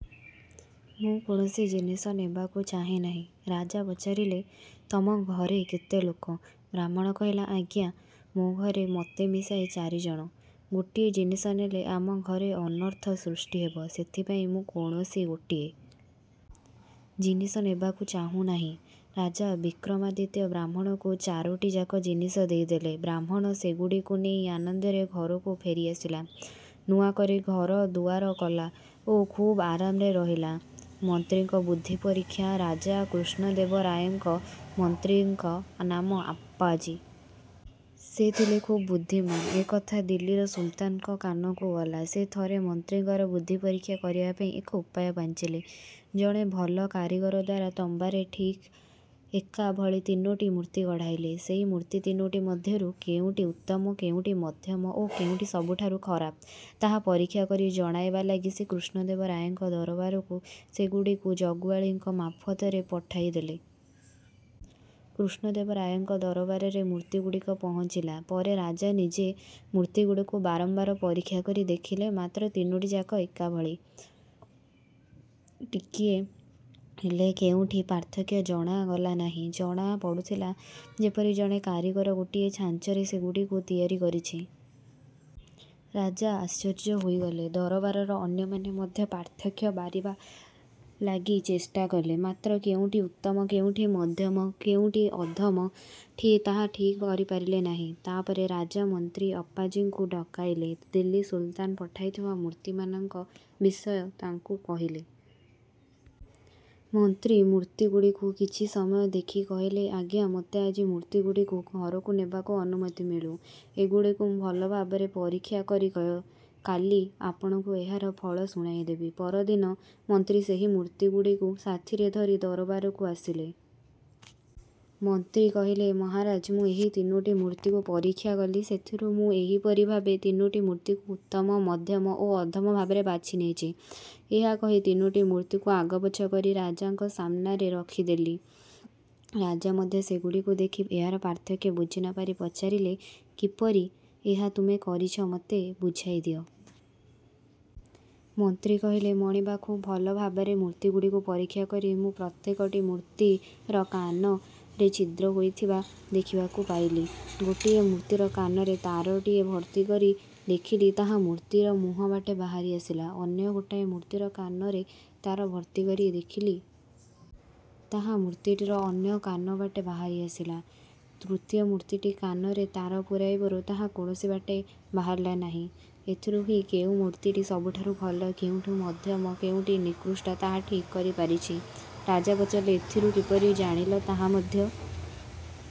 ମୁଁ କୌଣସି ଜିନିଷ ନେବାକୁ ଚାହେଁ ନାହିଁ। '' ରାଜା ପଚାରିଲେ-''ତମ ଘରେ କେତେ ଲୋକ? '' ବ୍ରାହ୍ମଣ କହିଲା- ''ଆଜ୍ଞା, ମୋ ଘରେ ମୋତେ ମିଶାଇ ଚାରି ଜଣ। ଗୋଟିଏ ଜିନିଷ ନେଲେ ଆମ ଘରେ ଅନର୍ଥ ସୃଷ୍ଟି ହେବ। ସେଥିପାଇଁ ମୁଁ କୌଣସି ଗୋଟିଏ। ଜିନିଷ ନେବାକୁ ଚାହୁଁ ନାହିଁ। ରାଜା ବିକ୍ରମାଦିତ୍ୟ ବ୍ରାହ୍ମଣକୁ ଚାରୋଟିଯାକ ଜିନିଷ ଦେଇ ଦେଲେ। ବ୍ରାହ୍ମଣ ସେଗୁଡ଼ିକୁ ନେଇ ଆନନ୍ଦରେ ଘରକୁ ଫେରି ଆସିଲା। ନୂଆ କରି ଘର ଦୁଆର କଲା ଓ ଖୁବ୍ ଆରାମରେ ରହିଲା। ମନ୍ତ୍ରୀଙ୍କ ବୁଦ୍ଧି ପରୀକ୍ଷା ରାଜା କୃଷ୍ଣଦେବ ରାୟଙ୍କ ମନ୍ତ୍ରୀଙ୍କ ନାମ ଅପ୍ପାଜୀ। ସେ ଥିଲେ ଖୁବ୍ ବୁଦ୍ଧିମାନ୍। ଏକଥା ଦିଲ୍ଲୀର ସୁଲତାନଙ୍କ କାନକୁ ଗଲା। ସେ ଥରେ ମନ୍ତ୍ରୀଙ୍କର ବୁଦ୍ଧି ପରୀକ୍ଷା କରିବା ପାଇଁ ଏକ ଉପାୟ ପାଞ୍ଚିଲେ। ଜଣେ ଭଲ କାରିଗର ଦ୍ୱାରା ତମ୍ବାରେ ଠିକ୍ ଏକା ଭଳି ତିନୋଟି ମୂର୍ତ୍ତି ଗଢ଼ାଇଲେ। ସେଇ ମୂର୍ତ୍ତି ତିନୋଟି ମଧ୍ୟରୁ କେଉଁଟି ଉତ୍ତମ, କେଉଁଟି ମଧ୍ୟମ ଓ କେଉଁଟି ସବୁଠାରୁ ଖରାପ ତାହା ପରୀକ୍ଷା କରି ଜଣାଇବା ଲାଗି ସେ କୃଷ୍ଣଦେବ ରାୟଙ୍କ ଦରବାରକୁ ସେଗୁଡ଼ିକୁ ଜଗୁଆଳିଙ୍କ ମାର୍ଫତରେ ପଠାଇଦେଲେ। କୃଷ୍ଣଦେବ ରାୟଙ୍କ ଦରବାରରେ ମୂର୍ତ୍ତିଗୁଡ଼ିକ ପହଞ୍ଚିଲା ପରେ ରାଜା ନିଜେ ମୂର୍ତ୍ତିଗୁଡ଼ିକୁ ବାରମ୍ବାର ପରୀକ୍ଷା କରି ଦେଖିଲେ; ମାତ୍ର ତିନୋଟି ଯାକ ଏକା ଭଳି; ଟିକିଏ ହେଲେ କେଉଁଠି ପାର୍ଥକ୍ୟ ଜାଣାଗଲା ନାହିଁ। ଜଣା ପଡ଼ୁଥିଲା ଯେପରି ଜଣେ କାରିଗର ଗୋଟିଏ ଛାଞ୍ଚରେ ସେଗୁଡ଼ିକୁ ତିଆରି କରିଛି। ରାଜା ଆଶ୍ଚର୍ଯ୍ୟ ହୋଇଗଲେ। ଦରବାରର ଅନ୍ୟମାନେ ମଧ୍ୟ ପାର୍ଥକ୍ୟ ବାରିବା ଲାଗି ଚେଷ୍ଟା କଲେ। ମାତ୍ର କେଉଁଟି ଉତ୍ତମ, କେଉଁଟି ମଧ୍ୟମ ଓ କେଉଁଟି ଅଧମ ତାହା ଠିକ୍ କରି ପାରିଲେ ନାହିଁ। ତାପରେ ରାଜା ମନ୍ତ୍ରୀ ଅପ୍ପାଜୀଙ୍କୁ ଡକାଇଲେ। ଦିଲ୍ଲୀ ସୁଲତାନ ପଠାଇଥିବା ମୂର୍ତ୍ତିମାନଙ୍କ ବିଷୟ ତାଙ୍କୁ କହିଲେ। ମନ୍ତ୍ରୀ ମୂର୍ତ୍ତିଗୁଡ଼ିକୁ କିଛି ସମୟ ଦେଖି କହିଲେ-''ଆଜ୍ଞା, ମୋତେ ଆଜି ମୂର୍ତ୍ତିଗୁଡ଼ିକୁ ଘରକୁ ନେବାକୁ ଅନୁମତି ମିଳୁ। ଏଗୁଡ଼ିକୁ ମୁଁ ଭଲ ଭାବରେ ପରୀକ୍ଷା କରି କାଲି ଆପଣଙ୍କୁ ଏହାର ଫଳ ଶୁଣାଇ ଦେବି। '' ପରଦିନ ମନ୍ତ୍ରୀ ସେହି ମୂର୍ତ୍ତିଗୁଡ଼ିକୁ ସାଥିରେ ଧରି ଦରବାରକୁ ଆସିଲେ। ମନ୍ତ୍ରୀ କହିଲେ- ''ମହାରାଜ! ମୁଁ ଏହି ତିନୋଟି ମୂର୍ତ୍ତିକୁ ପରୀକ୍ଷା କଲି। ସେଥିରୁ ମୁଁ ଏହିପରି ଭାବେ ତିନୋଟି ମୂର୍ତ୍ତିକୁ ଉତ୍ତମ, ମଧ୍ୟମ ଓ ଅଧମ ଭାବେ ବାଛି ନେଇଛି''-ଏହା କହି ତିନୋଟି ମୂର୍ତ୍ତିକୁ ଆଗପଛ କରି ରାଜାଙ୍କ ସାମ୍ନାରେ ରଖି ଦେଲେ। ରାଜା ମଧ୍ୟ ସେଗୁଡ଼ିକୁ ଦେଖି ଏହାର ପାର୍ଥକ୍ୟ ବୁଝିନପାରି ପଚାରିଲେ-''କିପରି ଏହା ତୁମେ କରିଛ ମୋତେ ବୁଝାଇ ଦିଅ। '' ମନ୍ତ୍ରୀ କହିଲେ- ''ମଣିମା! ଖୁବ୍ ଭଲ ଭାବରେ ମୂର୍ତ୍ତିଗୁଡ଼ିକୁ ପରୀକ୍ଷା କରି ମୁଁ ପ୍ରତ୍ୟେକଟି ମୂର୍ତ୍ତିର କାନରେ ଛିଦ୍ର ହୋଇଥିବା ଦେଖିବାକୁ ପାଇଲି। ଗୋଟିଏ ମୂର୍ତ୍ତିର କାନରେ ତାରଟିଏ ଭର୍ତ୍ତିକରି ଦେଖିଲି ତାହା ମୂର୍ତ୍ତିଟିର ମୁହଁ ବାଟେ ବାହାରି ଆସିଲା। ଅନ୍ୟ ଗୋଟିଏ ମୂର୍ତ୍ତିର କାନରେ ତାର ଭର୍ତ୍ତିକରି ଦେଖିଲି। ତାହା ମୂର୍ତ୍ତିଟିର ଅନ୍ୟ କାନ ବାଟେ ବାହାରି ଆସିଲା। ତୃତୀୟ ମୂର୍ତ୍ତିଟିର କାନରେ ତାର ପୂରାଇବାରୁ ତାହା କୌଣସି ବାଟେ ବାହାରିଲା ନାହିଁ। ଏଥିରୁ ହିଁ କେଉଁ ମୂର୍ତ୍ତିଟି ସବୁଠାରୁ ଭଲ, କେଉଁଟି ମଧ୍ୟମ, ଓ କେଉଁଟି ନିକୃଷ୍ଟ ତାହା ଠିକ୍ କରି ପାରିଛି। '' ରାଜା ପଚାରିଲେ-''ଏଥିରୁ କିପରି ଜାଣିଲ ତାହା ମଧ୍ୟ